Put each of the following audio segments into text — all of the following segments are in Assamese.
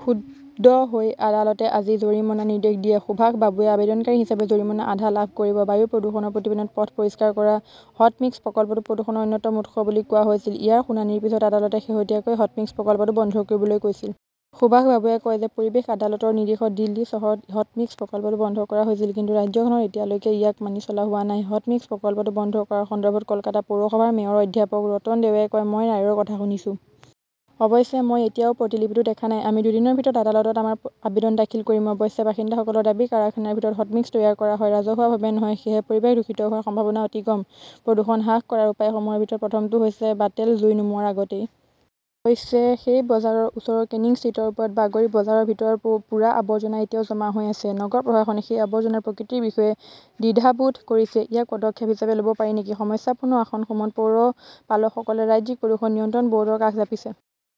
ক্ষুব্ধ হৈ আদালতে আজি জৰিমনাৰ নিৰ্দেশ দিয়ে। সুভাষ বাবুৱে আবেদনকাৰী হিচাপে জৰিমনাৰ আধা লাভ কৰিব। বায়ু প্ৰদূষণৰ প্ৰতিবেদনত পথ পৰিষ্কাৰ কৰা "হট মিক্স" প্ৰকল্পটো প্ৰদূষণৰ অন্যতম উৎস বুলি কোৱা হৈছিল। ইয়াৰ শুনানিৰ পিছত আদালতে শেহতীয়াকৈ "হট মিক্স" প্ৰকল্পটো বন্ধ কৰিবলৈ কৈছিল। সুভাষ বাবুৱে কয় যে, পৰিৱেশ আদালতৰ নিৰ্দেশত দিল্লী চহৰত "হট মিক্স" প্ৰকল্পটো বন্ধ কৰা হৈছিল। কিন্তু ৰাজ্যখনত এতিয়ালৈকে ইয়াক মানি চলা হোৱা নাই। "হট মিক্স" প্ৰকল্পটো বন্ধ কৰাৰ সন্দৰ্ভত কলকাতা পৌৰসভাৰ মেয়ৰ অধ্যাপক ৰতন দেয়ে কয়, "মই ৰায়ৰ কথা শুনিছোঁ। অৱশ্যে মই এতিয়াও প্ৰতিলিপিটো দেখা নাই। আমি দুদিনৰ ভিতৰত আদালতত আমাৰ আবেদন দাখিল কৰিম"। অৱশ্যে বাসিন্দাসকলৰ দাবী- কাৰখানাৰ ভিতৰত হটমিক্স তৈয়াৰ কৰা হয়, ৰাজহুৱাভাৱে নহয়। সেয়েহে পৰিৱেশ দূষিত হোৱাৰ সম্ভাৱনা অতি কম। প্ৰদূষণ হ্ৰাস কৰাৰ উপায়সমূহৰ ভিতৰত প্ৰথমটো হৈছে বাতেল জুই নুমুৱাৰ আগতেই। অৱশ্যে, সেই বজাৰৰ ওচৰৰ কেনিং ষ্ট্ৰীটৰ ওপৰত বাগড়ী বজাৰৰ ভিতৰৰ পোৰা আৱৰ্জনা এতিয়াও জমা হৈ আছে। নগৰ প্ৰশাসনে সেই আৱৰ্জনাৰ প্ৰকৃতিৰ বিষয়ে দ্বিধাবোধ কৰিছে। ইয়াক পদক্ষেপ হিচাপে লব পাৰি নেকি? সমস্যাপূৰ্ণ আসনসমূহত পৌৰপালকসকলে ৰাজ্যিক প্ৰদূষণ নিয়ন্ত্ৰণ বৰ্ডৰ কাষ চাপিছে।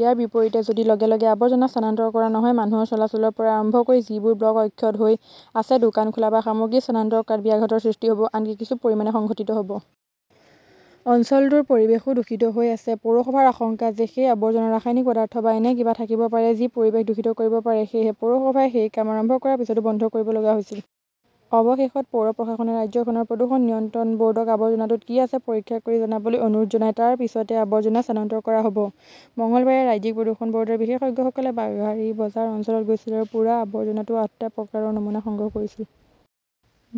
ইয়াৰ বিপৰীতে, যদি লগে লগে আৱৰ্জনা স্থানান্তৰ কৰা নহয়, মানুহৰ চলাচলৰ পৰা আৰম্ভ কৰি যিবোৰ ব্লক অক্ষত হৈ আছে, দোকান খোলা বা সামগ্ৰী স্থানান্তৰ কৰাত ব্যাঘাতৰ সৃষ্টি হ 'ব, আনকি কিছু পৰিমাণে সংঘটিত হ' ব। অঞ্চলটোৰ পৰিৱেশো দূষিত হৈ আছে। পৌৰসভাৰ আশংকা যে সেই আৱৰ্জনাত ৰাসায়নিক পদাৰ্থ বা এনে কিবা থাকিব পাৰে, যি পৰিৱেশ দূষিত কৰিব পাৰে। সেয়েহে পৌৰসভাই সেই কাম আৰম্ভ কৰাৰ পিছতো বন্ধ কৰিব লগা হৈছিল। অৱশেষত পৌৰ প্ৰশাসনে ৰাজ্যখনৰ প্ৰদূষণ নিয়ন্ত্ৰণ বৰ্ডক আৱৰ্জনাটোত কি আছে পৰীক্ষা কৰি জনাবলৈ অনুৰোধ জনায়। তাৰ পিছতে আৱৰ্জনা স্থানান্তৰ কৰা হব। মঙলবাৰে ৰাজ্যিক প্ৰদূষণ বৰ্ডৰ বিশেষজ্ঞসকলে বাঘাৰী বজাৰ অঞ্চলত গৈছিল আৰু পোৰা আৱৰ্জনাৰ আঠটা প্ৰকাৰৰ নমুনা সংগ্ৰহ কৰিছিল।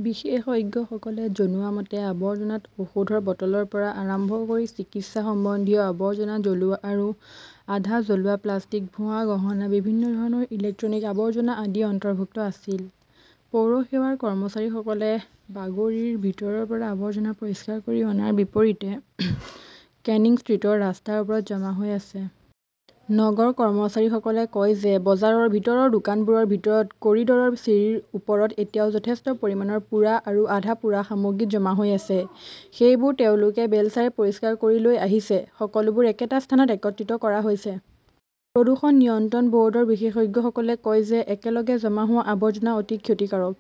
বিশেষজ্ঞসকলে জনোৱা মতে, আৱৰ্জনাত ঔষধৰ বটলৰ পৰা আৰম্ভ কৰি চিকিৎসা সম্বন্ধীয় আৱৰ্জনা, জ্বলোৱা আৰু আধা জ্বলোৱা প্লাষ্টিক, ভুৱা গহনা, বিভিন্ন ধৰণৰ ইলেক্ট্ৰনিক আৱৰ্জনা আদি অন্তৰ্ভুক্ত আছিল। পৌৰসেৱাৰ কৰ্মচাৰীসকলে বাগড়ীৰ ভিতৰৰ পৰা আৱৰ্জনা পৰিষ্কাৰ কৰি অনাৰ বিপৰীতে কেনিং ষ্ট্ৰীটৰ ৰাস্তাৰ ওপৰত জমা হৈ আছে। নগৰ কৰ্মচাৰীসকলে কয় যে, বজাৰৰ ভিতৰৰ, দোকানবোৰৰ ভিতৰত, কৰিডৰৰ চিৰিৰ ওপৰত এতিয়াও যথেষ্ট পৰিমাণৰ পোৰা আৰু আধা-পোৰা সামগ্ৰী জমা হৈ আছে। সেইবোৰ তেওঁলোকে বেলচাৰে পৰিষ্কাৰ কৰি লৈ আহিছে। সকলোবোৰ একেটা স্থানত একত্ৰিত কৰা হৈছে। প্ৰদূষণ নিয়ন্ত্ৰণ বৰ্ডৰ বিশেষজ্ঞসকলে কয় যে, একেলগে জমা হোৱা আৱৰ্জনা অতি ক্ষতিকাৰক।